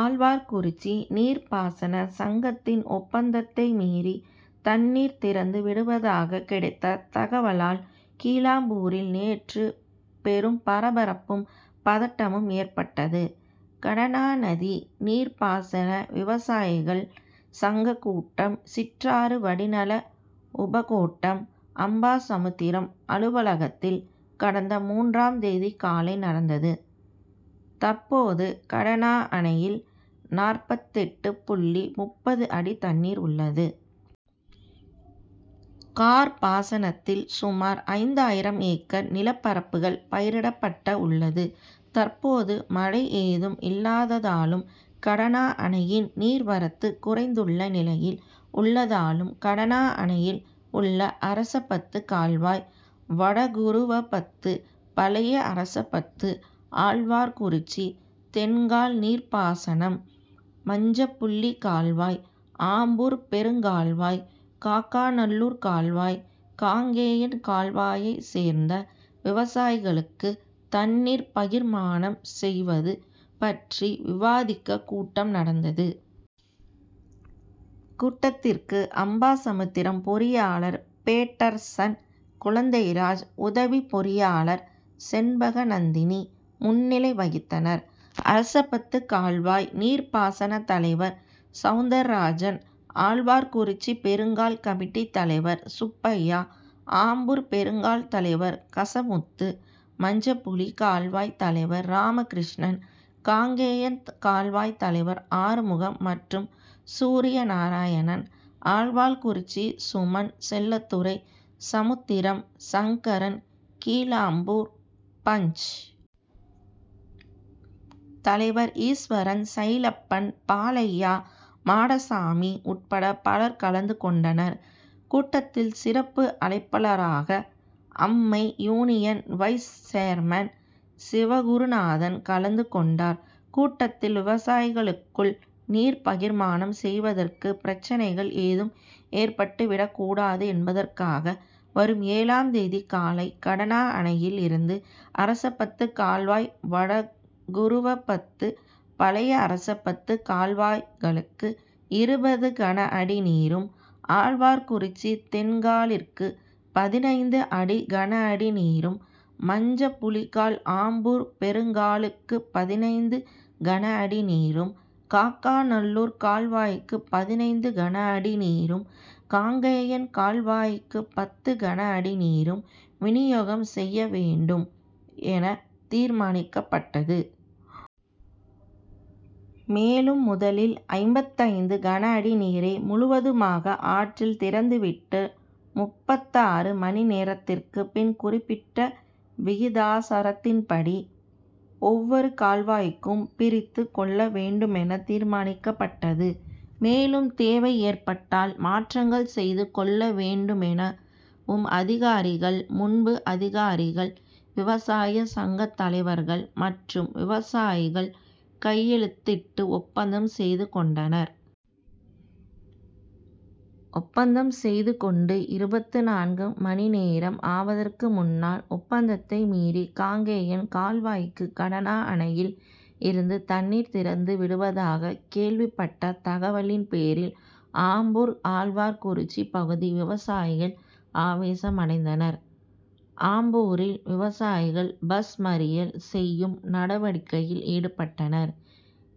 ஆழ்வார்குறிச்சி நீர்பாசன சங்கத்தின் ஒப்பந்தத்தை மீறி தண்ணீர் திறந்து விடுவதாக கிடைத்த தகவலால் கீழாம்பூரில் நேற்று பெரும் பரபரப்பும், பதட்டமும் ஏற்பட்டது. கடனாநதி நீர்பாசன விவசாயிகள் சங்க கூட்டம் சிற்றாறு வடிநல உபகோட்டம் அம்பாசமுத்திரம் அலுவலகத்தில் கடந்த மூன்றாம் தேதி காலை நடந்தது. தற்போது கடனா அணையில் நாற்பத்தெட்டு புள்ளி முப்பது அடி தண்ணீர் உள்ளது. கார் பாசனத்தில் சுமார் ஐந்தாயிரம் ஏக்கர் நிலப்பரப்புகள் பயிரிடப்பட்ட உள்ளது. தற்போது மழை ஏதும் இல்லாததாலும், கடனா அணையின் நீர்வரத்து குறைந்துள்ள நிலையில் உள்ளதாலும் கடனா அணையில் உள்ள அரசபத்து கால்வாய், வடகுருவபத்து, பழைய அரசபத்து, ஆழ்வார்குறிச்சி தென்கால் நீர்பாசனம், மஞ்சப்புளி கால்வாய், ஆம்பூர் பெருங்கால்வாய், காக்கநல்லூர் கால்வாய், காங்கேயன் கால்வாயை சேர்ந்த விவசாயிகளுக்கு தண்ணீர் பகிர்மானம் செய்வது பற்றி விவாதிக்க கூட்டம் நடந்தது. கூட்டத்திற்கு அம்பாசமுத்திரம் பொறியாளர் பேட்டர்சன் குழந்தைராஜ், உதவி பொறியாளர் செண்பகநந்தினி முன்னிலை வகித்தனர். அரசபத்து கால்வாய் நீர்பாசன தலைவர் சவுந்தரராஜன், ஆழ்வார்குறிச்சி பெருங்கால் கமிட்டி தலைவர் சுப்பையா, ஆம்பூர் பெருங்கால் தலைவர் கசமுத்து, மஞ்சபுளி கால்வாய் தலைவர் ராமகிருஷ்ணன், காங்கேயன் கால்வாய் தலைவர் ஆறுமுகம் மற்றும் சூரியநாராயணன், ஆழ்வார்குறிச்சி சுமன் செல்லத்துரை, சமுத்திரம், சங்கரன், கீழாம்பூர் பஞ்., தலைவர் ஈஸ்வரன், சைலப்பன், பாலையா, மாடசாமி உட்பட பலர் கலந்து கொண்டனர். கூட்டத்தில் சிறப்பு அழைப்பாளராக Ambai union vice chairman Sivagurunathan கலந்து கொண்டார். கூட்டத்தில், விவசாயிகளுக்குள் நீர் பகிர்மானம் செய்வதற்கு பிரச்னைகள் ஏதும் ஏற்பட்டுவிடக்கூடாது என்பதற்காக வரும் ஏழாம் தேதி காலை கடனா அணையில் இருந்து அரசபத்து கால்வாய், வடகுருவபத்து, பழைய அரசபத்து கால்வாய்களுக்கு இருபது கனஅடி நீரும், ஆழ்வார்குறிச்சி தென்காலிற்கு பதினைந்து அடி கனஅடி நீரும், மஞ்சபுளிகால், ஆம்பூர் பெருங்காலுக்கு பதினைந்து கனஅடி நீரும், காக்கநல்லூர் கால்வாய்க்கு பதினைந்து கனஅடி நீரும், காங்கேயன் கால்வாய்க்கு பத்து கனஅடி நீரும் வினியோகம் செய்ய வேண்டும் என தீர்மானிக்கப்பட்டது. மேலும் முதலில் ஐம்பத்தைந்து கனஅடி நீரை முழுவதுமாக ஆற்றில் திறந்துவிட்டு முப்பத்தாறு மணி நேரத்திற்கு பின் குறிப்பிட்ட விகிதாசாரத்தின்படி ஒவ்வொரு கால்வாய்க்கும் பிரித்துக் கொள்ள வேண்டுமென தீர்மானிக்கப்பட்டது. மேலும் தேவை ஏற்பட்டால் மாற்றங்கள் செய்து கொள்ள வேண்டுமெனவும் அதிகாரிகள் முன்பு அதிகாரிகள், விவசாய சங்க தலைவர்கள் மற்றும் விவசாயிகள் கையெழுத்திட்டு ஒப்பந்தம் செய்து கொண்டனர். ஒப்பந்தம் செய்து கொண்டு இருபத்துநான்கு மணிநேரம் ஆவதற்கு முன்னால் ஒப்பந்தத்தை மீறி காங்கேயன் கால்வாய்க்கு கடனா அணையில் இருந்து தண்ணீர் திறந்து விடுவதாக கேள்விப்பட்ட தகவலின் பேரில் ஆம்பூர், ஆழ்வார்குறிச்சி பகுதி விவசாயிகள் ஆவேசமடைந்தனர். ஆம்பூரில் விவசாயிகள் பஸ் மறியல் செய்யும் நடவடிக்கையில் ஈடுபட்டனர்.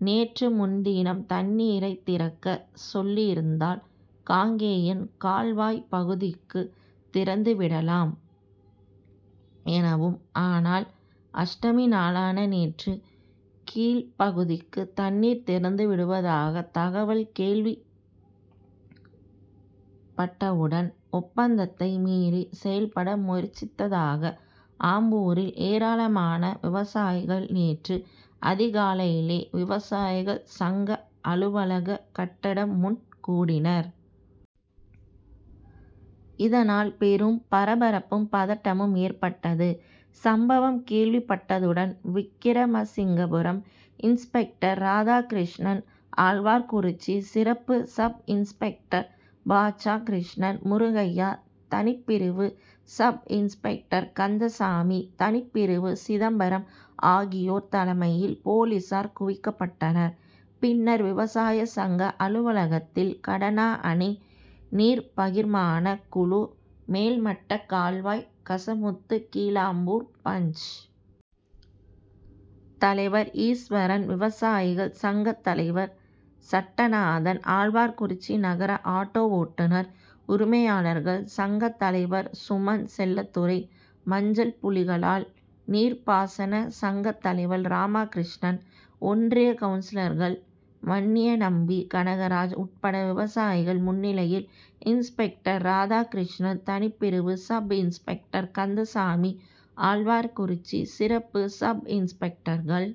நேற்று முன்தினம் தண்ணீரை திறக்க சொல்லியிருந்தால் காங்கேயன் கால்வாய் பகுதிக்கு திறந்துவிடலாம் எனவும், ஆனால் அஷ்டமி நாளான நேற்று கீழ்ப்பகுதிக்கு தண்ணீர் திறந்து விடுவதாக தகவல் கேள்விப்பட்டவுடன் ஒப்பந்தத்தை மீறி செயல்பட முயற்சித்ததாக ஆம்பூரில் ஏராளமான விவசாயிகள் நேற்று அதிகாலையிலேயே விவசாயிகள் சங்க அலுவலக கட்டடம் முன் கூடினர். இதனால் பெரும் பரபரப்பும், பதட்டமும் ஏற்பட்டது. சம்பவம் கேள்விப்பட்டவுடன் விக்கிரமசிங்கபுரம் இன்ஸ்பெக்டர் ராதாகிருஷ்ணன், ஆழ்வார்குறிச்சி சிறப்பு சப்-இன்ஸ்பெக்டர் பாட்ஷா, கிருஷ்ணன், முருகையா, தனிப்பிரிவு சப்-இன்ஸ்பெக்டர் கந்தசாமி, தனிப்பிரிவு சிதம்பரம் ஆகியோர் தலைமையில் போலீசார் குவிக்கப்பட்டனர். பின்னர் விவசாய சங்க அலுவலகத்தில் கடனா அணை நீர்பகிர்மான குழு மேல்மட்ட கால்வாய் கசமுத்து, கீழாம்பூர் பஞ்., தலைவர் ஈஸ்வரன், விவசாயிகள் சங்க தலைவர் சட்டநாதன், ஆழ்வார்குறிச்சி நகர ஆட்டோ ஓட்டுனர் உரிமையாளர்கள் சங்க தலைவர் சுமன் செல்லத்துரை, மஞ்சள்புளிகால் நீர்பாசன சங்க தலைவர் ராமகிருஷ்ணன், ஒன்றிய கவுன்சிலர்கள் வன்னியநம்பி, கனகராஜ் உட்பட விவசாயிகள் முன்னிலையில் இன்ஸ்பெக்டர் ராதாகிருஷ்ணன், தனிப்பிரிவு சப்-இன்ஸ்பெக்டர் கந்தசாமி, ஆழ்வார்குறிச்சி சிறப்பு சப்-இன்ஸ்பெக்டர்கள்